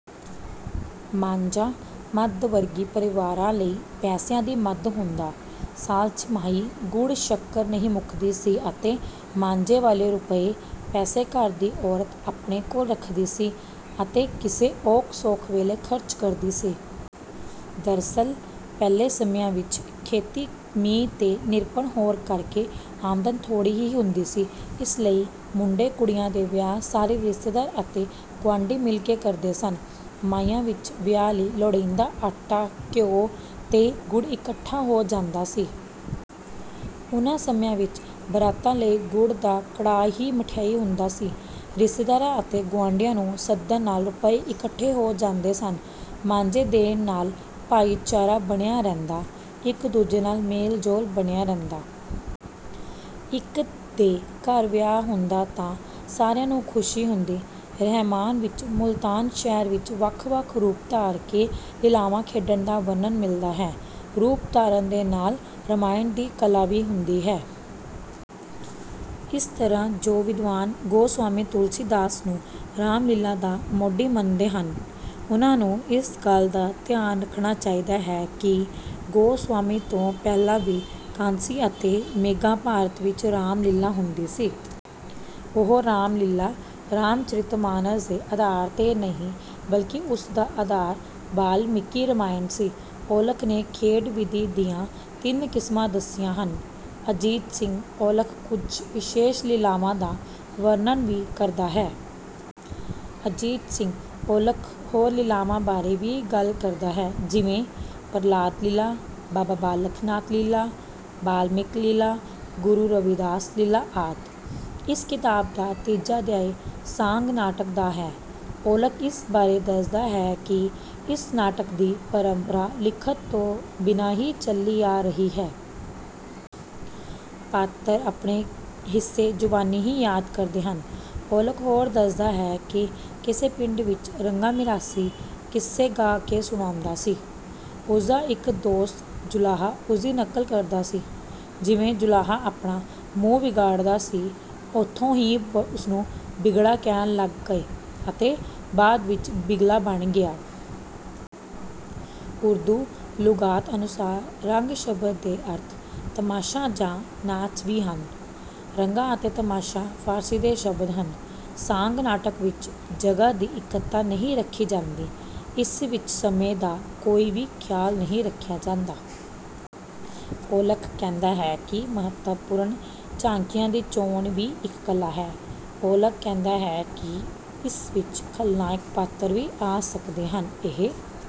ਮਾਂਜਾ ਮੱਧ-ਵਰਗੀ ਪਰਿਵਾਰਾਂ ਲਈ ਪੈਸਿਆਂ ਦੀ ਮਦ ਹੁੰਦਾ। ਸਾਲ ਛਿਮਾਹੀ ਗੁੜ ਸ਼ੱਕਰ ਨਹੀਂ ਮੁੱਕਦੀ ਸੀ ਅਤੇ ਮਾਂਜੇ ਵਾਲੇ ਰੁਪਏ ਪੈਸੇ ਘਰ ਦੀ ਔਰਤ ਆਪਣੇ ਕੋਲ ਰੱਖਦੀ ਸੀ ਅਤੇ ਕਿਸੇ ਔਖ ਸੌਖ ਵੇਲੇ ਖਰਚ ਕਰਦੀ ਸੀ। ਦਰਅਸਲ ਪਹਿਲੇ ਸਮਿਆਂ ਵਿੱਚ ਖੇਤੀ ਮੀਂਹਾਂ ਤੇ ਨਿਰਭਰ ਹੋਣ ਕਰਕੇ ਆਮਦਨ ਥੋੜ੍ਹੀ ਹੀ ਹੁੰਦੀ ਸੀ। ਇਸ ਲਈ ਮੁੰਡੇ ਕੁੜੀਆਂ ਦੇ ਵਿਆਹ ਸਾਰੇ ਰਿਸ਼ਤੇਦਾਰ ਅਤੇ ਗੁਆਂਢੀ ਮਿਲ ਕੇ ਕਰਦੇ ਸਨ। ਮਾਈਆਂ ਵਿੱਚ ਵਿਆਹ ਲਈ ਲੋੜੀਂਦਾ ਆਟਾ, ਘਿਉ ਤੇ ਗੁੜ ਇਕੱਠਾ ਹੋ ਜਾਂਦਾ ਸੀ। ਉਨ੍ਹਾਂ ਸਮਿਆਂ ਵਿੱਚ ਬਰਾਤਾਂ ਲਈ ਗੁੜ ਦਾ ਕੜਾਹ ਹੀ ਮਠਿਆਈ ਹੁੰਦਾ ਸੀ। ਰਿਸ਼ਤੇਦਾਰਾਂ ਅਤੇ ਗੁਆਂਢੀਆਂ ਨੂੰ ਸੱਦਣ ਨਾਲ ਰੁਪਏ ਇਕੱਠੇ ਹੋ ਜਾਂਦੇ ਸਨ। ਮਾਂਜੇ ਦੇਣ ਲੈਣ ਨਾਲ ਭਾਈਚਾਰਾ ਬਣਿਆ ਰਹਿੰਦਾ, ਇੱਕ ਦੂਜੇ ਨਾਲ ਮੇਲ-ਜੋਲ ਬਣਿਆ ਰਹਿੰਦਾ। ਇੱਕ ਦੇ ਘਰ ਵਿਆਹ ਹੁੰਦਾ ਤਾਂ ਸਾਰਿਆਂ ਨੂੰ ਖੁਸ਼ੀ ਹੁੰਦੀ। ਰਹਿਮਾਨ ਵਿੱਚ ਮੁਲਤਾਨ ਸ਼ਹਿਰ ਵਿੱਚ ਵੱਖ ਵੱਖ ਰੂਪ ਧਾਰ ਕੇ ਲੀਲਾਵਾਂ ਖੇਡਣ ਦਾ ਵਰਣਨ ਮਿਲਦਾ ਹੈ। ਰੂਪ ਧਾਰਨ ਦੇ ਨਾਲ ਰਾਮਾਇਣ ਦੀ ਕਲਾ ਵੀ ਹੁੰਦੀ ਹੈ। ਇਸ ਤਰ੍ਹਾਂ ਜੋ ਵਿਦਵਾਨ ਗੋਸਵਾਮੀ ਤੁਲਸੀ ਦਾਸ ਨੂੰ ਰਾਮ ਲੀਲਾ ਦਾ ਮੋਢੀ ਮੰਨਦੇ ਹਨ, ਉਨ੍ਹਾਂ ਨੂੰ ਇਸ ਗੱਲ ਦਾ ਧਿਆਨ ਰੱਖਣਾ ਚਾਹੀਦਾ ਹੈ ਕਿ ਗੋਸਵਾਮੀ ਤੋਂ ਪਹਿਲਾਂ ਵੀ ਕਾਂਸੀ ਅਤੇ ਮੇਘਾ ਭਾਰਤ ਵਿੱਚ ਰਾਮ ਲੀਲਾ ਹੁੰਦੀ ਸੀ। ਉਹ ਰਾਮਲੀਲਾ, ਰਾਮ ਚਰਿਤ ਮਾਨਸ ਦੇ ਆਧਾਰ ਤੇ ਨਹੀਂ ਬਲਕਿ ਉਸ ਦਾ ਆਧਾਰ ਬਾਲਮੀਕੀ ਰਾਮਾਇਣ ਸੀ। ਔਲਖ ਨੇ ਖੇਡ ਵਿਧੀ ਦੀਆਂ ਤਿੰਨ ਕਿਸਮਾਂ ਦੱਸੀਆਂ ਹਨ। ਅਜੀਤ ਸਿੰਘ ਔਲਖ ਕੁਝ ਵਿਸ਼ੇਸ਼ ਲੀਲਾਵਾਂ ਦਾ ਵਰਣਨ ਵੀ ਕਰਦਾ ਹੈ। ਅਜੀਤ ਸਿੰਘ ਔਲਖ ਹੋਰ ਲੀਲਾਵਾਂ ਬਾਰੇ ਵੀ ਗੱਲ ਕਰਦਾ ਹੈ। ਜਿਵੇਂ ਪ੍ਰਲਾਦ ਲੀਲਾ, ਬਾਬਾ ਬਾਲਕ ਨਾਥ ਲੀਲਾ, ਬਾਲਮੀਕ ਲੀਲਾ, ਗੁਰੂ ਰਵਿਦਾਸ ਲੀਲਾ ਆਦਿ। ਇਸ ਕਿਤਾਬ ਦਾ ਤੀਜਾ ਅਧਿਆਇ ਸਾਂਗ ਨਾਟਕ ਦਾ ਹੈ। ਔਲਖ ਇਸ ਬਾਰੇ ਦੱਸਦਾ ਹੈ ਕਿ ਇਸ ਨਾਟਕ ਦੀ ਪਰੰਪਰਾ ਲਿਖਤ ਤੋਂ ਬਿਨਾਂ ਹੀ ਚਲੀ ਆ ਰਹੀ ਹੈ। ਪਾਤਰ ਆਪਣੇ ਹਿੱਸੇ ਜ਼ੁਬਾਨੀ ਹੀ ਯਾਦ ਕਰਦੇ ਹਨ। ਔਲਖ ਹੋਰ ਦੱਸਦਾ ਹੈ ਕਿ ਕਿਸੇ ਪਿੰਡ ਰੰਗਾ ਮਿਰਾਸੀ ਕਿੱਸੇ ਗਾ ਕੇ ਸੁਣਾਉਂਦਾ ਸੀ। ਉਸਦਾ ਇੱਕ ਦੋਸਤ ਜੁਲਾਹਾ ਉਸਦੀ ਨਕਲ ਕਰਦਾ ਸੀ। ਜਿਵੇਂ ਜੁਲਾਹਾ ਆਪਣਾ ਮੂੰਹ ਵਿਗਾੜਦਾ ਸੀ, ਉਥੋਂ ਹੀ ਉਸਨੂੰ ਬਿਗੜਾ ਕਹਿਣ ਲੱਗ ਗਏ ਅਤੇ ਬਾਅਦ ਵਿੱਚ ਬਿਗਲਾ ਬਣ ਗਿਆ। ਉਰਦੂ ਲੁਗਾਤ ਅਨੁਸਾਰ ਰੰਗ ਸ਼ਬਦ ਦੇ ਅਰਥ ਤਮਾਸ਼ਾ ਜਾਂ ਨਾਚ ਵੀ ਹਨ। ਰੰਗਾ ਅਤੇ ਤਮਾਸ਼ਾ ਫਾਰਸੀ ਦੇ ਸ਼ਬਦ ਹਨ। ਸਾਂਗ ਨਾਟਕ ਵਿੱਚ ਜਗ੍ਹਾ ਦੀ ਇੱਕਤਾ ਨਹੀਂ ਰੱਖੀ ਜਾਂਦੀ। ਇਸ ਵਿੱਚ ਸਮੇਂ ਦਾ ਵੀ ਕੋਈ ਖਿਆਲ ਨਹੀਂ ਰੱਖਿਆ ਜਾਂਦਾ। ਔਲਖ ਕਹਿੰਦਾ ਹੈ ਕਿ ਮਹੱਤਵਪੂਰਨ ਝਾਕੀਆਂ ਦੀ ਚੋਣ ਵੀ ਇੱਕ ਕਲਾ ਹੈ। ਔਲਖ ਕਹਿੰਦਾ ਕਿ ਇਸ ਵਿੱਚ ਖਲਨਾਇਕ ਪਾਤਰ ਵੀ ਆ ਸਕਦੇ ਹਨ। ਇਹ